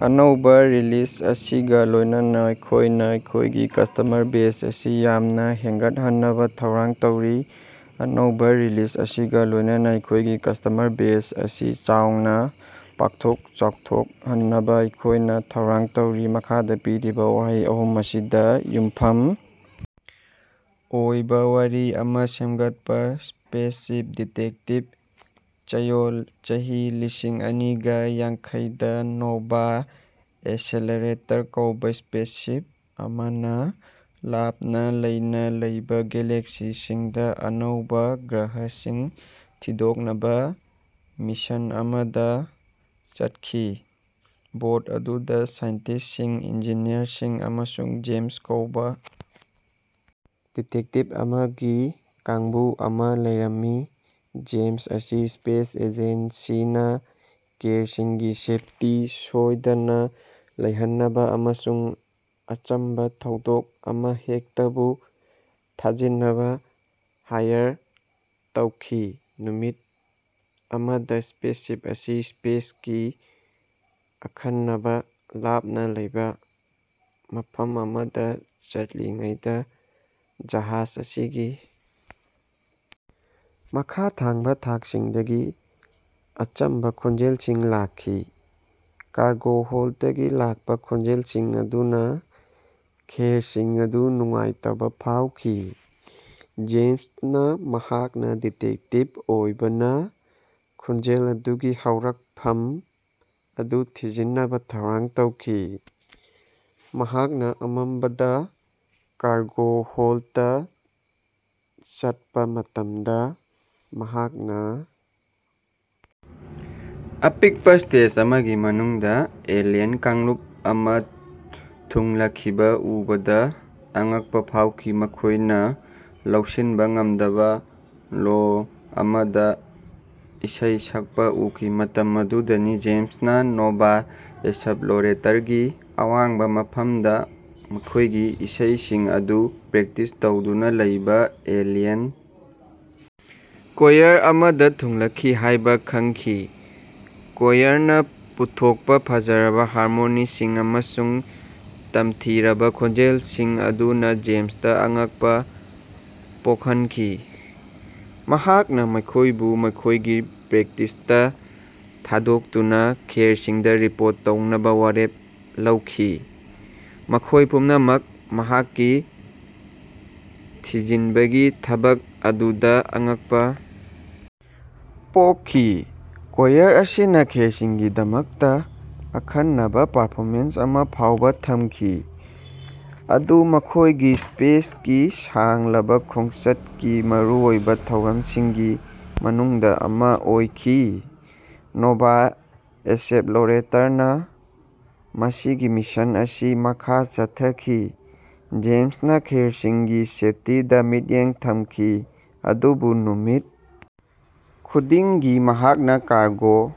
ꯑꯅꯧꯕ ꯔꯤꯂꯤꯖ ꯑꯁꯤꯒ ꯂꯣꯏꯅꯅ ꯑꯩꯈꯣꯏꯅ ꯑꯩꯈꯣꯏꯒꯤ ꯀꯁꯇꯃꯔ ꯕꯦꯖ ꯑꯁꯤ ꯌꯥꯝꯅ ꯍꯦꯟꯒꯠꯍꯟꯅꯕ ꯊꯧꯔꯥꯡ ꯇꯧꯔꯤ꯫ ꯑꯅꯧꯕ ꯔꯤꯂꯤꯖ ꯑꯁꯤꯒ ꯂꯣꯏꯅꯅ ꯑꯩꯈꯣꯏꯒꯤ ꯀꯁꯇꯃꯔ ꯕꯦꯖ ꯑꯁꯤ ꯆꯥꯎꯅ ꯄꯥꯛꯊꯣꯛ ꯆꯥꯎꯊꯣꯛꯍꯟꯅꯕ ꯑꯩꯈꯣꯏꯅ ꯊꯧꯔꯥꯡ ꯇꯧꯔꯤ꯫ ꯃꯈꯥꯗ ꯄꯤꯔꯤꯕ ꯋꯥꯍꯩ ꯑꯍꯨꯝ ꯑꯁꯤꯗ ꯌꯨꯝꯐꯝ ꯑꯣꯏꯕ ꯋꯥꯔꯤ ꯑꯃ ꯁꯦꯝꯒꯠꯄ: ꯁ꯭ꯄꯦꯁꯁꯤꯞ, ꯗꯤꯇꯦꯛꯇꯤꯚ, ꯆꯌꯣꯜ꯫ ꯆꯍꯤ ꯂꯤꯁꯤꯡ ꯑꯅꯤꯒ ꯌꯥꯡꯈꯩ ꯗ ꯅꯣꯚꯥ ꯑꯦꯛꯁꯦꯂꯣꯔꯦꯇꯔ ꯀꯧꯕ ꯁ꯭ꯄꯦꯁꯁꯤꯞ ꯑꯃꯅ ꯂꯥꯞꯅ ꯂꯩꯕ ꯒꯦꯂꯦꯛꯁꯤꯁꯤꯡꯗ ꯑꯅꯧꯕ ꯒ꯭ꯔꯍꯁꯤꯡ ꯊꯤꯗꯣꯛꯅꯕ ꯃꯤꯁꯟ ꯑꯃꯗ ꯆꯠꯈꯤ꯫ ꯕꯣꯔꯗ ꯑꯗꯨꯗ ꯁꯥꯏꯟꯇꯤꯁꯇꯁꯤꯡ, ꯏꯟꯖꯤꯅꯤꯌꯔꯁꯤꯡ ꯑꯃꯁꯨꯡ ꯖꯦꯝꯁ ꯀꯧꯕ ꯗꯤꯇꯦꯛꯇꯤꯚ ꯑꯃꯒꯤ ꯀꯥꯡꯕꯨ ꯑꯃ ꯂꯩꯔꯝꯃꯤ꯫ ꯖꯦꯝꯁ ꯑꯁꯤ ꯁ꯭ꯄꯦꯁ ꯑꯦꯖꯦꯟꯁꯤꯅ ꯀ꯭ꯔꯨꯁꯤꯡꯒꯤ ꯁꯦꯐꯇꯤ ꯁꯣꯏꯗꯅ ꯂꯩꯍꯟꯅꯕ ꯑꯃꯁꯨꯡ ꯑꯆꯝꯕ ꯊꯧꯗꯣꯛ ꯑꯃꯍꯦꯛꯇꯕꯨ ꯊꯤꯖꯤꯟꯅꯕ ꯍꯥꯏꯔ ꯇꯧꯈꯤ꯫ ꯅꯨꯃꯤꯠ ꯑꯃꯗ ꯁ꯭ꯄꯦꯁꯁꯤꯞ ꯑꯁꯤ ꯁ꯭ꯄꯦꯁꯀꯤ ꯑꯈꯟꯅꯅ ꯂꯥꯞꯅ ꯂꯩꯕ ꯃꯐꯝ ꯑꯃꯗ ꯆꯠꯂꯤꯉꯩꯗ ꯖꯍꯥꯖ ꯑꯁꯤꯒꯤ ꯃꯈꯥ ꯊꯪꯕ ꯊꯥꯛꯁꯤꯡꯗꯒꯤ ꯑꯆꯝꯕ ꯈꯣꯟꯖꯦꯜꯁꯤꯡ ꯂꯥꯛꯈꯤ꯫ ꯀꯥꯔꯒꯣ ꯍꯣꯜꯗꯇꯒꯤ ꯂꯥꯛꯄ ꯈꯣꯟꯖꯦꯜꯁꯤꯡ ꯑꯗꯨꯅ ꯀ꯭ꯔꯨꯁꯤꯡ ꯑꯗꯨ ꯅꯨꯡꯉꯥꯏꯇꯕ ꯐꯥꯎꯈꯤ꯫ ꯖꯦꯝꯁꯅ ꯃꯍꯥꯛꯅ ꯗꯤꯇꯦꯛꯇꯤꯚ ꯑꯣꯏꯕꯅ ꯈꯣꯟꯖꯦꯜ ꯑꯗꯨꯒꯤ ꯍꯧꯔꯛꯐꯝ ꯑꯗꯨ ꯊꯤꯖꯤꯟꯅꯕ ꯊꯧꯔꯥꯡ ꯇꯧꯈꯤ꯫ ꯃꯍꯥꯛꯅ ꯑꯃꯝꯕ ꯀꯥꯔꯒꯣ ꯍꯣꯜꯗꯇ ꯆꯠꯄ ꯃꯇꯝꯗ, ꯃꯍꯥꯛꯅ ꯑꯄꯤꯛꯄ ꯁ꯭ꯇꯦꯖ ꯑꯃꯒꯤ ꯃꯅꯨꯡꯗ ꯑꯦꯂꯤꯌꯟ ꯀꯥꯡꯂꯨꯞ ꯑꯃ ꯊꯨꯡꯂꯈꯤꯕ ꯎꯕꯗ ꯑꯉꯛꯄ ꯐꯥꯎꯈꯤ꯫ ꯃꯈꯣꯏꯅ ꯂꯧꯁꯤꯟꯕ ꯉꯝꯗꯕ ꯂꯣꯟ ꯑꯃꯗ ꯏꯁꯩ ꯁꯛꯄ ꯎꯈꯤ꯫ ꯃꯇꯝ ꯑꯗꯨꯗꯅꯤ ꯖꯦꯝꯁꯅ ꯅꯣꯚꯥ ꯑꯦꯛꯁꯞꯂꯣꯔꯦꯇꯔꯒꯤ ꯑꯋꯥꯡꯕ ꯃꯐꯝꯗ ꯃꯈꯣꯏꯒꯤ ꯏꯁꯩꯁꯤꯡ ꯑꯗꯨ ꯄ꯭ꯔꯦꯛꯇꯤꯁ ꯇꯧꯗꯨꯅ ꯂꯩꯕ ꯑꯦꯂꯤꯌꯟ ꯀꯣꯌꯔ ꯑꯃꯗ ꯊꯨꯡꯂꯈꯤ ꯍꯥꯏꯕ ꯈꯪꯈꯤ꯫ ꯀꯣꯌꯔꯅ ꯄꯨꯊꯣꯛꯄ ꯐꯖꯔꯕ ꯍꯥꯔꯃꯣꯅꯤꯁꯤꯡ ꯑꯃꯁꯨꯡ ꯇꯝꯊꯤꯔꯕ ꯈꯣꯟꯖꯦꯜꯁꯤꯡ ꯑꯗꯨꯅ ꯖꯦꯝꯁꯇ ꯑꯉꯛꯄ ꯄꯣꯛꯍꯟꯈꯤ꯫ ꯃꯍꯥꯛꯅ ꯃꯈꯣꯏꯕꯨ ꯃꯈꯣꯏꯒꯤ ꯄ꯭ꯔꯦꯛꯇꯤꯁꯇ ꯊꯥꯗꯣꯛꯇꯨꯅ ꯀ꯭ꯔꯨꯁꯤꯡꯗ ꯔꯤꯄꯣꯔꯠ ꯇꯧꯅꯕ ꯋꯥꯔꯦꯞ ꯂꯧꯈꯤ, ꯃꯈꯣꯏ ꯄꯨꯝꯅꯃꯛ ꯃꯍꯥꯛꯀꯤ ꯊꯤꯖꯤꯟꯕꯒꯤ ꯊꯕꯛ ꯑꯗꯨꯗ ꯑꯉꯛꯄ ꯄꯣꯛꯈꯤ꯫ ꯀꯣꯌꯔ ꯑꯁꯤꯅ ꯀ꯭ꯔꯨꯁꯤꯡꯒꯤꯗꯃꯛꯇ ꯑꯈꯟꯅꯕ ꯄꯔꯐꯣꯃꯦꯟꯁ ꯑꯃ ꯐꯥꯎꯕ ꯊꯝꯈꯤ, ꯃꯗꯨ ꯃꯈꯣꯏꯒꯤ ꯁ꯭ꯄꯦꯁꯀꯤ ꯁꯥꯡꯂꯕ ꯈꯣꯡꯆꯠꯀꯤ ꯃꯔꯨꯑꯣꯏꯕ ꯊꯧꯔꯝꯁꯤꯡꯒꯤ ꯃꯅꯨꯡꯗ ꯑꯃ ꯑꯣꯏꯈꯤ꯫ ꯅꯣꯚꯥ ꯑꯦꯛꯁꯞꯂꯣꯔꯦꯇꯔꯅ ꯃꯁꯤꯒꯤ ꯃꯤꯁꯟ ꯑꯁꯤ ꯃꯈꯥ ꯆꯠꯊꯈꯤ, ꯖꯦꯝꯁꯅ ꯀ꯭ꯔꯨꯁꯤꯡꯒꯤ ꯁꯦꯐꯇꯤꯗ ꯃꯤꯠꯌꯦꯡ ꯊꯝꯈꯤ꯫ ꯑꯗꯨꯕꯨ ꯅꯨꯃꯤꯠ ꯈꯨꯗꯤꯡꯒꯤ ꯃꯍꯥꯛꯅ ꯀꯥꯔꯒꯣ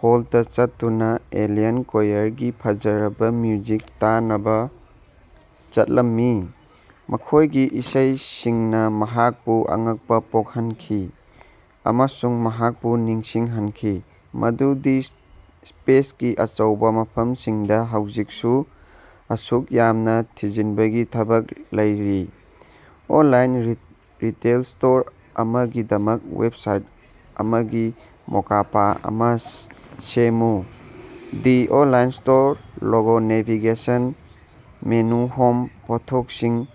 ꯍꯣꯜꯗꯇ ꯆꯠꯇꯨꯅ ꯑꯦꯂꯤꯌꯟ ꯀꯣꯌꯔꯒꯤ ꯐꯖꯔꯕ ꯃ꯭ꯌꯨꯖꯤꯛ ꯇꯥꯅꯕ ꯆꯠꯂꯝꯃꯤ꯫ ꯃꯈꯣꯏꯒꯤ ꯏꯁꯩꯁꯤꯡꯅ ꯃꯍꯥꯛꯄꯨ ꯑꯉꯛꯄ ꯄꯣꯛꯍꯟꯈꯤ ꯑꯃꯁꯨꯡ ꯃꯍꯥꯛꯄꯨ ꯅꯤꯡꯁꯤꯡꯍꯟꯈꯤ ꯃꯗꯨꯗꯤ ꯁ꯭ꯄꯦꯁꯀꯤ ꯑꯆꯧꯕ ꯃꯐꯝꯁꯤꯡꯗ ꯍꯧꯖꯤꯛꯁꯨ ꯑꯁꯨꯛ ꯌꯥꯝꯅ ꯊꯤꯖꯤꯟꯕꯒꯤ ꯊꯕꯛ ꯂꯩꯔꯤ꯫ ꯑꯣꯟꯂꯥꯏꯟ ꯔꯤꯇꯦꯜ ꯁ꯭ꯇꯣꯔ ꯑꯃꯒꯤꯗꯃꯛ ꯋꯦꯕꯁꯥꯏꯠ ꯑꯃꯒꯤ ꯃꯣꯀꯞ ꯑꯃ ꯁꯦꯝꯃꯨ꯫ The online store logo navigation menu home ꯄꯣꯠꯊꯣꯛꯁꯤꯡ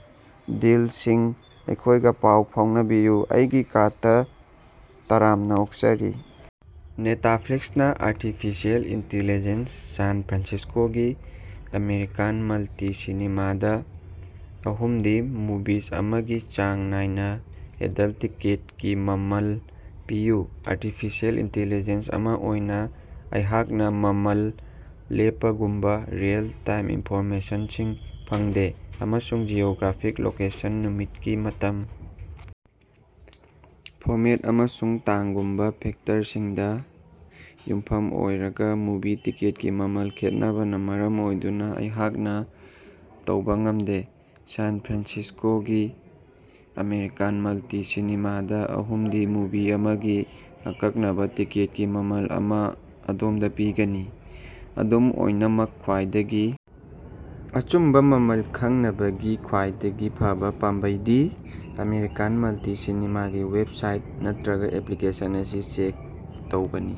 ꯗꯤꯜꯁꯤꯡ ꯑꯩꯈꯣꯏꯒ ꯄꯥꯎ ꯐꯥꯎꯅꯕꯤꯌꯨ ꯑꯩꯒꯤ ꯀꯥꯔꯠ ꯗ ꯇꯔꯥꯝꯅ ꯑꯣꯛꯆꯔꯤ! ꯅꯦꯇꯐ꯭ꯂꯤꯛꯁꯅ ꯑꯥꯔꯇꯤꯐꯤꯁ꯭ꯌꯜ ꯏꯟꯇꯦꯂꯤꯖꯦꯟꯁ ꯁꯥꯟ ꯐ꯭ꯔꯥꯟꯁꯤꯁ꯭ꯀꯣꯒꯤ ꯑꯃꯦꯔꯤꯀꯥꯟ ꯃꯜꯇꯤ- ꯁꯤꯅꯦꯃꯥ ꯗ ꯑꯍꯨꯝꯗꯤ ꯃꯨꯚꯤ ꯑꯃꯒꯤ ꯆꯥꯡ ꯅꯥꯏꯅ ꯑꯦꯗꯜꯇ ꯇꯤꯀꯦꯠꯀꯤ ꯃꯃꯜ ꯄꯤꯌꯨ꯫ ꯑꯥꯔꯇꯤꯐꯤꯁ꯭ꯌꯜ ꯏꯟꯇꯦꯂꯤꯖꯦꯟꯁ ꯑꯃ ꯑꯣꯏꯅ ꯑꯩꯍꯥꯛꯅ ꯃꯃꯜ ꯂꯦꯞꯄꯒꯨꯝꯕ ꯔꯤꯑꯦꯜ-ꯇꯥꯏꯝ ꯏꯟꯐꯣꯔꯃꯦꯁꯟꯁꯤꯡ ꯐꯪꯗꯦ ꯑꯃꯁꯨꯡ ꯖꯤꯑꯣꯒ꯭ꯔꯥꯐꯤꯛ ꯂꯣꯀꯦꯁꯟ, ꯅꯨꯃꯤꯠꯀꯤ ꯃꯇꯝ, ꯐꯣꯔꯃꯦꯠ, ꯑꯃꯁꯨꯡ ꯇꯥꯡꯒꯨꯝꯕ ꯐꯦꯛꯇꯔꯁꯤꯡꯗ ꯌꯨꯝꯐꯝ ꯑꯣꯏꯔꯒ ꯃꯨꯚꯤ ꯇꯤꯀꯦꯠꯀꯤ ꯃꯃꯜ ꯈꯦꯠꯅꯕꯅ ꯃꯔꯝ ꯑꯣꯏꯗꯨꯅ ꯑꯩꯍꯥꯛꯅ ꯇꯧꯕ ꯉꯝꯗꯦ꯫ ꯁꯥꯟ ꯐ꯭ꯔꯥꯟꯁꯤꯁ꯭ꯀꯣꯒꯤ ꯑꯃꯦꯔꯤꯀꯥꯟ ꯃꯜꯇꯤ- ꯁꯤꯅꯦꯃꯥ ꯗ ꯑꯍꯨꯝꯗꯤ ꯃꯨꯚꯤ ꯑꯃꯒꯤ ꯑꯀꯛꯅꯕ ꯇꯤꯀꯦꯠꯀꯤ ꯃꯃꯜ ꯑꯃ ꯑꯗꯣꯝꯗ ꯄꯤꯒꯅꯤ꯫ ꯑꯗꯨꯝ ꯑꯣꯏꯅꯃꯛ ꯈ꯭ꯋꯥꯏꯗꯒꯤ ꯑꯆꯨꯝꯕ ꯃꯃꯜ ꯈꯪꯅꯕꯒꯤ ꯈ꯭ꯋꯥꯏꯗꯒꯤ ꯐꯕ ꯄꯥꯝꯕꯩꯗꯤ ꯑꯃꯦꯔꯤꯀꯥꯟ ꯃꯜꯇꯤ- ꯁꯤꯅꯦꯃꯥꯒꯤ ꯋꯦꯕꯁꯥꯏꯠ ꯅꯠꯇ꯭ꯔꯒ ꯑꯦꯄ꯭ꯂꯤꯀꯦꯁꯟ ꯑꯁꯤ ꯆꯦꯛ ꯇꯧꯕꯅꯤ꯫